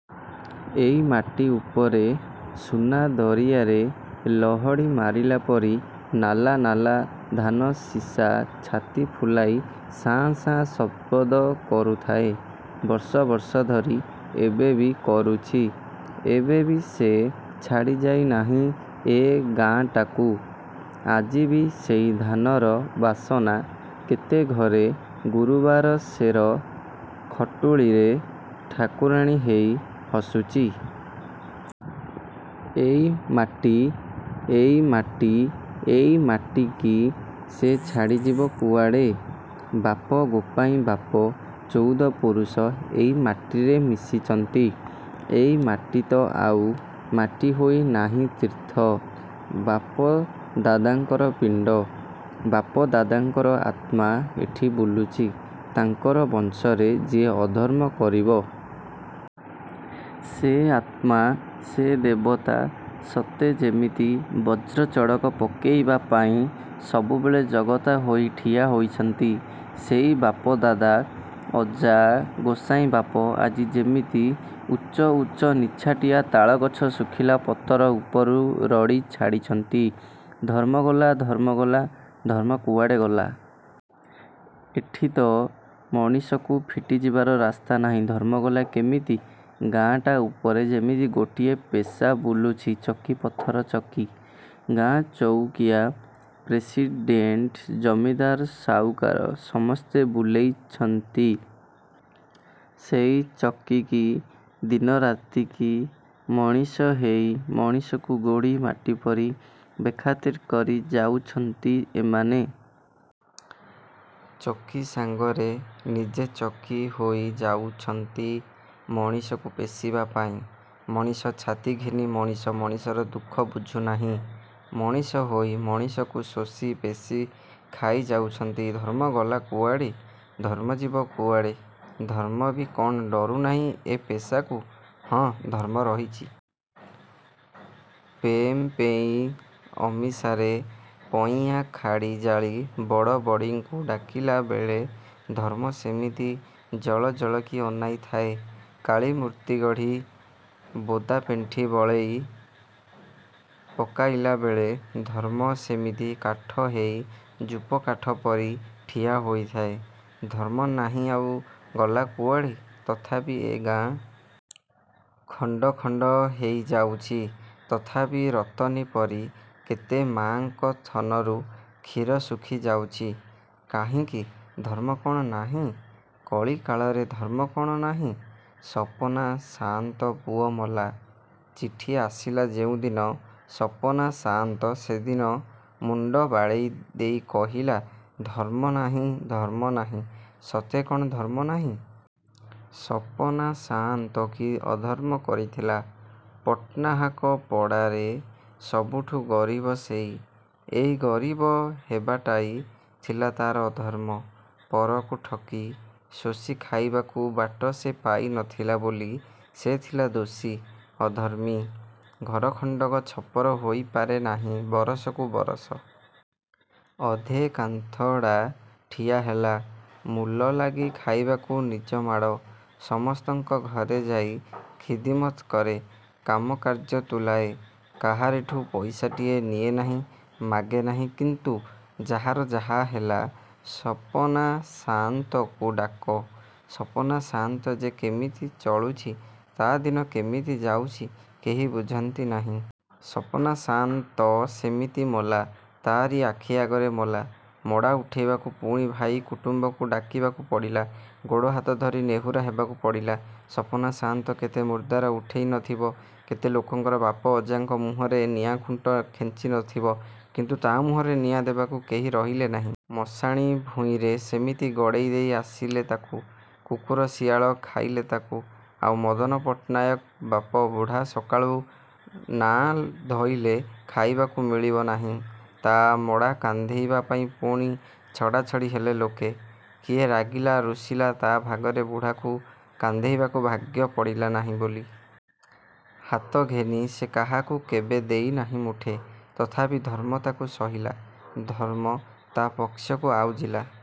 ଏଇ ମାଟି ଉପରେ ସୁନା ଦରିଆରେ ଲହଡ଼ି ମାରିଲା ପରି ନାଲା ନାଲା ଧାନଶିଷା ଛାତି ଫୁଲାଇ ଶାଁ ଶାଁ ଶବଦ କରୁଥାଏ, ବର୍ଷ ବର୍ଷ ଧରି। ଏବେବି କରୁଛି। ଏବେବି ସେ ଛାଡ଼ିଯାଇ ନାହିଁ ଏ ଗାଁଟାକୁ। ଆଜିବି ସେଇ ଧାନର ବାସନା କେତେ ଘରେ ଗୁରୁବାର ସେର ଖଟୁଳିରେ ଠାକୁରାଣୀ ହେଇ ହସୁଛି। ଏଇ ମାଟି ଏଇ ମାଟି ଏଇ ମାଟିକି ସେ ଛାଡ଼ିଯିବ କୁଆଡ଼େ! ବାପ ଗୋପାଇଁବାପ ଚଉଦ ପୁରୁଷ ଏଇମାଟିରେ ମିଶିଚନ୍ତି। ଏ ମାଟି ତ ଆଉ ମାଟି ହୋଇ ନାହିଁ ତୀର୍ଥ। ବାପ ଦାଦାଙ୍କର ପିଣ୍ଡ। ବାପ ଦାଦାଙ୍କର ଆତ୍ମା ଏଠି ବୁଲୁଚି। ତାଙ୍କର ବଂଶରେ ଯିଏ ଅଧର୍ମ କରିବ। ସେ ଆତ୍ମା ସେ ଦେବତା ସତେ ଯେମିତି ବଜ୍ରଚଡ଼କ ପକେଇବା ପାଇଁ ସବୁବେଳେ ଜଗତା ହୋଇ ଠିଆ ହୋଇଛନ୍ତି। ସେଇ ବାପଦାଦା, ଅଜା ଗୋସାଇଁବାପ ଆଜି ଯେମିତି ଉଚ୍ଚ ଉଚ୍ଚ ନିଛାଟିଆ ତାଳଗଛ ଶୁଖିଲା ପତର ଉପରୁ ରଡ଼ି ଛାଡ଼ିଛନ୍ତି ଧର୍ମଗଲା ଧର୍ମଗଲା! ଧର୍ମ କୁଆଡ଼େ ଗଲା? ଏଠି ତ ମଣିଷକୁ ଫିଟିଯିବାର ରାସ୍ତା ନାହିଁ ଧର୍ମଗଲା କିମିତି? ଗାଁଟା ଉପରେ ଯେମିତି ଗୋଟିଏ ପେଷା ବୁଲୁଛି ଚକି ପଥର ଚକି। ଗାଁ ଚଉକିଆ ପ୍ରେସିଡ଼େଣ୍ଟ ଜମିଦାର ସାଉକାର ସମସ୍ତେ ବୁଲେଇଚନ୍ତି ସେଇ ଚକିକି ଦିନରାତିକି। ମଣିଷ ହେଇ ମଣିଷକୁ ଗୋଡ଼ି ମାଟିପରି ବେଖାତିର କରି ଯାଉଛନ୍ତି ଏମାନେ। ଚକି ସାଙ୍ଗରେ ନିଜେ ଚକି ହୋଇ ଯାଉଛନ୍ତି ମଣିଷକୁ ପେଷିବାପାଇଁ, ମଣିଷ ଛାତି ଘେନି ମଣିଷ ମଣିଷର ଦୁଃଖ ବୁଝୁନାହିଁ। ମଣିଷ ହୋଇ ମଣିଷକୁ ଶୋଷି ପେଷି ଖାଇଯାଉଛନ୍ତି। ଧର୍ମ ଗଲା କୁଆଡ଼େ! ଧର୍ମ ଯିବ କୁଆଡ଼େ। ଧର୍ମବି କ'ଣ ଡରୁନାହିଁ ଏ ପେଷାକୁ? ହଁ, ଧର୍ମ ରହିଛି। ପେପେଁଇ ଅମିସାରେ ପଇଆଁ ଖାଡ଼ି ଜାଳି ବଡ଼ ବଡ଼ିଙ୍କୁ ଡାକିଲାବେଳେ ଧର୍ମ ସେମିତି ଜଳଜଳକି ଅନାଇ ଥାଏ। କାଳୀ ମୂର୍ତ୍ତିଗଢ଼ି ବୋଦାପେଣ୍ଠି ବଳେଇ ପକାଇଲାବେଳେ ଧର୍ମ ସେମିତି କାଠ ହେଇ ଯୂପକାଠପରି ଠିଆ ହୋଇଥାଏ। ଧର୍ମ ନାହିଁ ଆଉ ଗଲା କୁଆଡ଼େ? ତଥାପି ଏ ଗାଁ। ଖଣ୍ଡଖଣ୍ଡ ହେଇଯାଉଛି। ତଥାପି ରତନୀପରି କେତେ ମାଙ୍କ ଥନରୁ କ୍ଷୀର ଶୁଖିଯାଉଛି। କାହିଁକି? ଧର୍ମ କ'ଣ ନାହିଁ? କଳିକାଳରେ ଧର୍ମ କ'ଣ ନାହିଁ? ସପନା ସାଆନ୍ତ ପୁଅ ମଲା। ଚିଠି ଆସିଲା ଯେଉଁଦିନ, ସପନା ସାଆନ୍ତ ସେଦିନ ମୁଣ୍ଡ ବାଡ଼େଇ ଦେଇ କହିଲା ଧର୍ମନାହିଁ ଧର୍ମ ନାହିଁ ସତେ କ'ଣ ଧର୍ମନାହିଁ? ସପନା ସାଆନ୍ତ କି ଅଧର୍ମ କରିଥିଲା। ପଟ୍ଟନାହାକ ପଡ଼ାରେ ସବୁଠୁ ଗରିବ ସେଇ। ଏଇ ଗରିବ ହେବାଟାଇ ଥିଲା ତା'ର ଅଧର୍ମ। ପରକୁ ଠକି ଶୋଷିଖାଇବାକୁ ବାଟ ସେ ପାଇ ନଥିଲା ବୋଲି ସେ ଥିଲା ଦୋଷୀ, ଅଧର୍ମୀ। ଘର ଖଣ୍ଡକ ଛପର ହୋଇପାରେ ନାହିଁ ବରଷକୁ ବରଷ। ଅଧେ କାନ୍ଥଡ଼ା ଠିଆହେଲା। ମୂଲଲାଗି ଖାଇବାକୁ ନିଜମାଡ଼। ସମସ୍ତଙ୍କ ଘରେ ଯାଇ ଖିଦିମତ କରେ। କାମ କାର୍ଯ୍ୟ ତୁଲାଏ। କାହାରିଠୁ ପଇସାଟିଏ ନିଏ ନାହିଁ। ମାଗେ ନାହିଁ। କିନ୍ତୁ ଯାହାର ଯାହା ହେଲା, ସପନା ସାଆନ୍ତକୁ ଡାକ। ସପନା ସାଆନ୍ତ ଯେ କେମିତି ଚଳୁଛି ତା' ଦିନ କେମିତି ଯାଉଛି, କେହି ବୁଝନ୍ତି ନାହିଁ। ସପନା ସାଆନ୍ତ ସେମିତି ମଲା ତା'ରି ଆଖି ଆଗରେ ମଲା। ମଡ଼ା ଉଠେଇବାକୁ ପୁଣି ଭାଇ କୁଟୁମ୍ୱଙ୍କୁ ଡାକିବାକୁ ପଡ଼ିଲା। ଗୋଡ଼ ହାତ ଧରି ନେହୁରା ହେବାକୁ ପଡ଼ିଲା। ସପନା ସାଆନ୍ତ କେତେ ମୁର୍ଦାର ଉଠେଇ ନ ଥିବ, କେତେ ଲୋକଙ୍କ ବାପ ଅଜାଙ୍କ ମୁହଁରେ ନିଆଁ ଖୁଣ୍ଟ ଖେଞ୍ଚି ନଥିବ, କିନ୍ତୁ ତା' ମୁହଁରେ ନିଆଁ ଦେବାକୁ କେହି ରହିଲେ ନାହିଁ। ମଶାଣି ଭୂଇଁରେ ସେମିତି ଗଡ଼େଇ ଦେଇ ଆସିଲେ ତାକୁ। କୁକୁର ଶିଆଳ ଖାଇଲେ ତାକୁ। ଆଉ ମଦନ ପଟ୍ଟନାୟକ ବାପ ବୁଢ଼ା ସକାଳୁ ନାଆଁ ଧଇଲେ ଖାଇବାକୁ ମିଳିବ ନାହିଁ; ତା' ମଡ଼ା କାନ୍ଧେଇବା ପାଇଁ ପୁଣି ଛଡ଼ାଛଡ଼ି ହେଲେ ଲୋକେ। କିଏ ରାଗିଲା, ରୁଷିଲା, ତା' ଭାଗରେ ବୁଢ଼ାକୁ କାନ୍ଧେଇବାକୁ ଭାଗ୍ୟ ପଡ଼ିଲା ନାହିଁ ବୋଲି। ହାତ ଘେନି ସେ କାହାକୁ କେବେ ଦେଇ ନାହିଁ ମୁଠେ, ତଥାପି ଧର୍ମ ତାକୁ ସହିଲା। ଧର୍ମ ତା' ପକ୍ଷକୁ ଆଉଜିଲା।